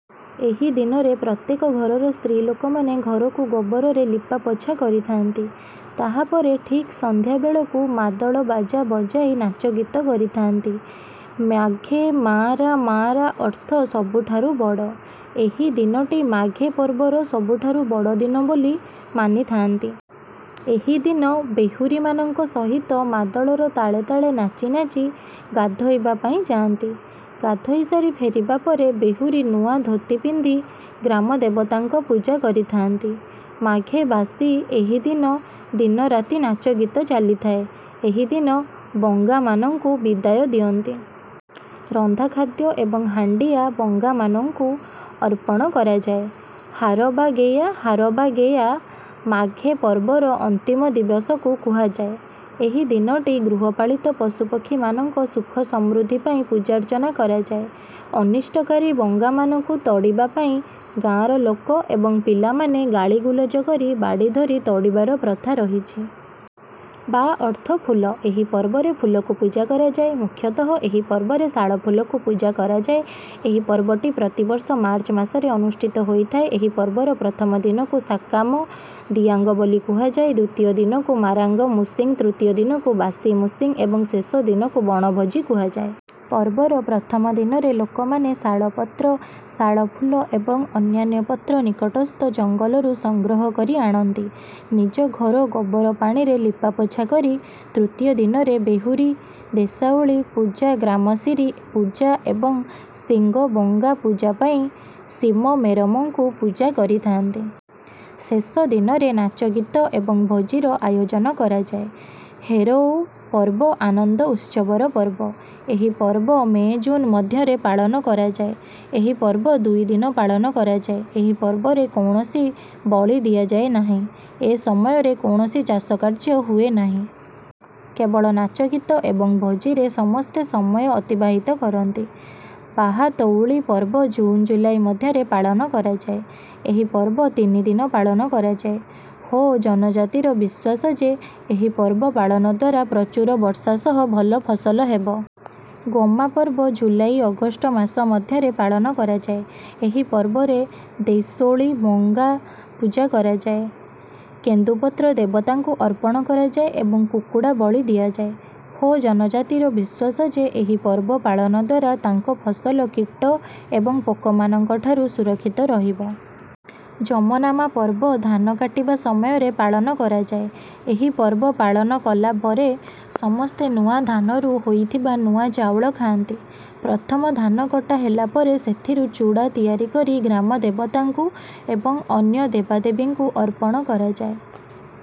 ଏହି ଦିନରେ ପ୍ରତ୍ୟେକ ଘରର ସ୍ତ୍ରୀଲୋକମାନେ ଘରକୁ ଗୋବରରେ ଲିପାପୋଛା କରିଥାନ୍ତି। ତାହା ପରେ ଠିକ ସନ୍ଧ୍ୟା ବେଳକୁ ମାଦଳ ବାଜା ବଜାଇ ନାଚଗୀତ କରିଥାନ୍ତି। ମାଘେ ମାରାଁ ମାରାଁ ଅର୍ଥ ସବୁଠାରୁ ବଡ଼। ଏହି ଦିନଟି ମାଘେ ପର୍ବର ସବୁଠାରୁ ବଡ଼ ଦିନ ବୋଲି ମାନିଥାନ୍ତି। ଏହି ଦିନ ଦେହୁରୀମାନଙ୍କ ସହିତ ମାଦଳର ତାଳେ ତାଳେ ନାଚି ନାଚି ଗାଧୋଇବା ପାଇଁ ଯାଆନ୍ତି। ଗାଧୋଇ ସାରି ଫେରିବା ପରେ ଦେହୁରୀ ନୂଆ ଧୋତି ପିନ୍ଧି ଗ୍ରାମଦେବତାଙ୍କ ପୂଜା କରିଥାନ୍ତି। ମାଘେ ବାସୀ ଏହି ଦିନ ଦିନରାତି ନାଚଗୀତ ଚାଲିଥାଏ। ଏହି ଦିନ ବଙ୍ଗାମାନଙ୍କୁ ବିଦାୟ ଦିଅନ୍ତି। ରନ୍ଧା ଖାଦ୍ୟ ଏବଂ ହାଣ୍ଡିଆ ବୋଙ୍ଗାମାନଙ୍କୁ ଅର୍ପଣ କରାଯାଏ। ହାରବାଗେୟା ହାରବାଗେୟା ମାଘେ ପର୍ବର ଅନ୍ତିମ ଦିବସକୁ କୁହାଯାଏ। ଏହି ଦିନଟି ଗୃହପାଳିତ ପଶୁପକ୍ଷୀମାନଙ୍କ ସୁଖ ସମୃଦ୍ଧି ପାଇଁ ପୂଜାର୍ଚ୍ଚନା କରାଯାଏ। ଅନିଷ୍ଟକାରୀ ବଙ୍ଗାମାନଙ୍କୁ ତଡ଼ିବା ପାଇଁ ଗାଁର ଲୋକ ଏବଂ ପିଲାମାନେ ଗାଳିଗୁଲଜ କରି ବାଡ଼ି ଧରି ତଡ଼ିବାର ପ୍ରଥା ରହିଛି। ବା ଅର୍ଥ ଫୁଲ। ଏହି ପର୍ବରେ ଫୁଲକୁ ପୂଜା କରାଯାଏ। ମୁଖ୍ୟତଃ ଏହି ପର୍ବରେ ଶାଳ ଫୁଲକୁ ପୂଜା କରାଯାଏ। ଏହି ପର୍ବଟି ପ୍ରତି ବର୍ଷ ମାର୍ଚ୍ଚ ମାସରେ ଅନୁଷ୍ଠିତ ହୋଇଥାଏ। ଏହି ପର୍ବର ପ୍ରଥମ ଦିନକୁ ସାକାମ ଦିଆଙ୍ଗ ବୋଲି କୁହାଯାଏ ଦ୍ୱିତୀୟ ଦିନକୁ ମାରାଙ୍ଗ ମୁସିଂ ତୃତୀୟ ଦିନକୁ ବାସି ମୁସିଂ ଏବଂ ଶେଷ ଦିନକୁ ବଣଭୋଜି କୁହାଯାଏ। ପର୍ବର ପ୍ରଥମ ଦିନରେ ଲୋକମାନେ ଶାଳ ପତ୍ର ଶାଳ ଫୁଲ ଏବଂ ଅନ୍ୟାନ୍ୟ ପତ୍ର ନିକଟସ୍ଥ ଜଙ୍ଗଲରୁ ସଂଗ୍ରହ କରି ଆଣନ୍ତି ନିଜ ଘର ଗୋବର ପାଣିରେ ଲିପାପୋଛା କରି। ତୃତୀୟ ଦିନରେ ଦେହୁରୀ ଦେଶାଉଳୀ ପୂଜା ଗ୍ରାମସିରୀ ପୂଜା ଏବଂ ସିଙ୍ଗବୋଙ୍ଗା ପୂଜା ପାଇଁ ସିମ ମେରମଙ୍କୁ ପୂଜା କରିଥାନ୍ତି। ଶେଷ ଦିନରେ ନାଚଗୀତ ଏବଂ ଭୋଜିର ଆୟୋଜନ କରାଯାଏ। ହେରୋଓ ପର୍ବ ଆନନ୍ଦ ଉତ୍ସବର ପର୍ବ। ଏହି ପର୍ବ ମେ ଜୁନ ମଧ୍ୟରେ ପାଳନ କରାଯାଏ। ଏହି ପର୍ବ ଦୁଇ ଦିନ ପାଳନ କରାଯାଏ। ଏହି ପର୍ବରେ କୌଣସି ବଳି ଦିଆଯାଏ ନାହିଁ। ଏ ସମୟରେ କୌଣସି ଚାଷ କାର୍ଯ୍ୟ ହୁଏ ନାହିଁ। କେବଳ ନାଚଗୀତ ଏବଂ ଭୋଜିରେ ସମସ୍ତେ ସମୟ ଅତିବାହିତ କରନ୍ତି। ବାହାତୌଳି ପର୍ବ ଜୁନ ଜୁଲାଇ ମଧ୍ୟରେ ପାଳନ କରାଯାଏ। ଏହି ପର୍ବ ତିନି ଦିନ ପାଳନ କରାଯାଏ। ହୋ ଜନଜାତିର ବିଶ୍ୱାସ ଯେ ଏହି ପର୍ବ ପାଳନ ଦ୍ୱାରା ପ୍ରଚୁର ବର୍ଷା ସହ ଭଲ ଫସଲ ହେବ। ଗୋମା ପର୍ବ ଜୁଲାଇ ଅଗଷ୍ଟ ମାସ ମଧ୍ୟରେ ପାଳନ କରାଯାଏ। ଏହି ପର୍ବରେ ଦେସୌଳୀ ବୋଙ୍ଗା ପୂଜା କରାଯାଏ। କେନ୍ଦୁ ପତ୍ର ଦେବତାଙ୍କୁ ଅର୍ପଣ କରାଯାଏ ଏବଂ କୁକୁଡ଼ା ବଳି ଦିଆଯାଏ। ହୋ ଜନଜାତିର ବିଶ୍ୱାସ ଯେ ଏହି ପର୍ବ ପାଳନ ଦ୍ୱାରା ତାଙ୍କ ଫସଲ କୀଟ ଏବଂ ପୋକମାନଙ୍କ ଠାରୁ ସୁରକ୍ଷିତ ରହିବ। ଜୋମନାମା ପର୍ବ ଧାନ କାଟିବା ସମୟରେ ପାଳନ କରାଯାଏ। ଏହି ପର୍ବ ପାଳନ କଲା ପରେ ସମସ୍ତେ ନୂଆ ଧାନରୁ ହୋଇଥିବା ନୂଆ ଚାଉଳ ଖାଆନ୍ତି। ପ୍ରଥମ ଧାନ କଟା ହେଲା ପରେ ସେଥିରୁ ଚୂଡ଼ା ତିଆରି କରି ଗ୍ରାମଦେବତାଙ୍କୁ ଏବଂ ଅନ୍ୟ ଦେବଦେବୀଙ୍କୁ ଅର୍ପଣ କରାଯାଏ।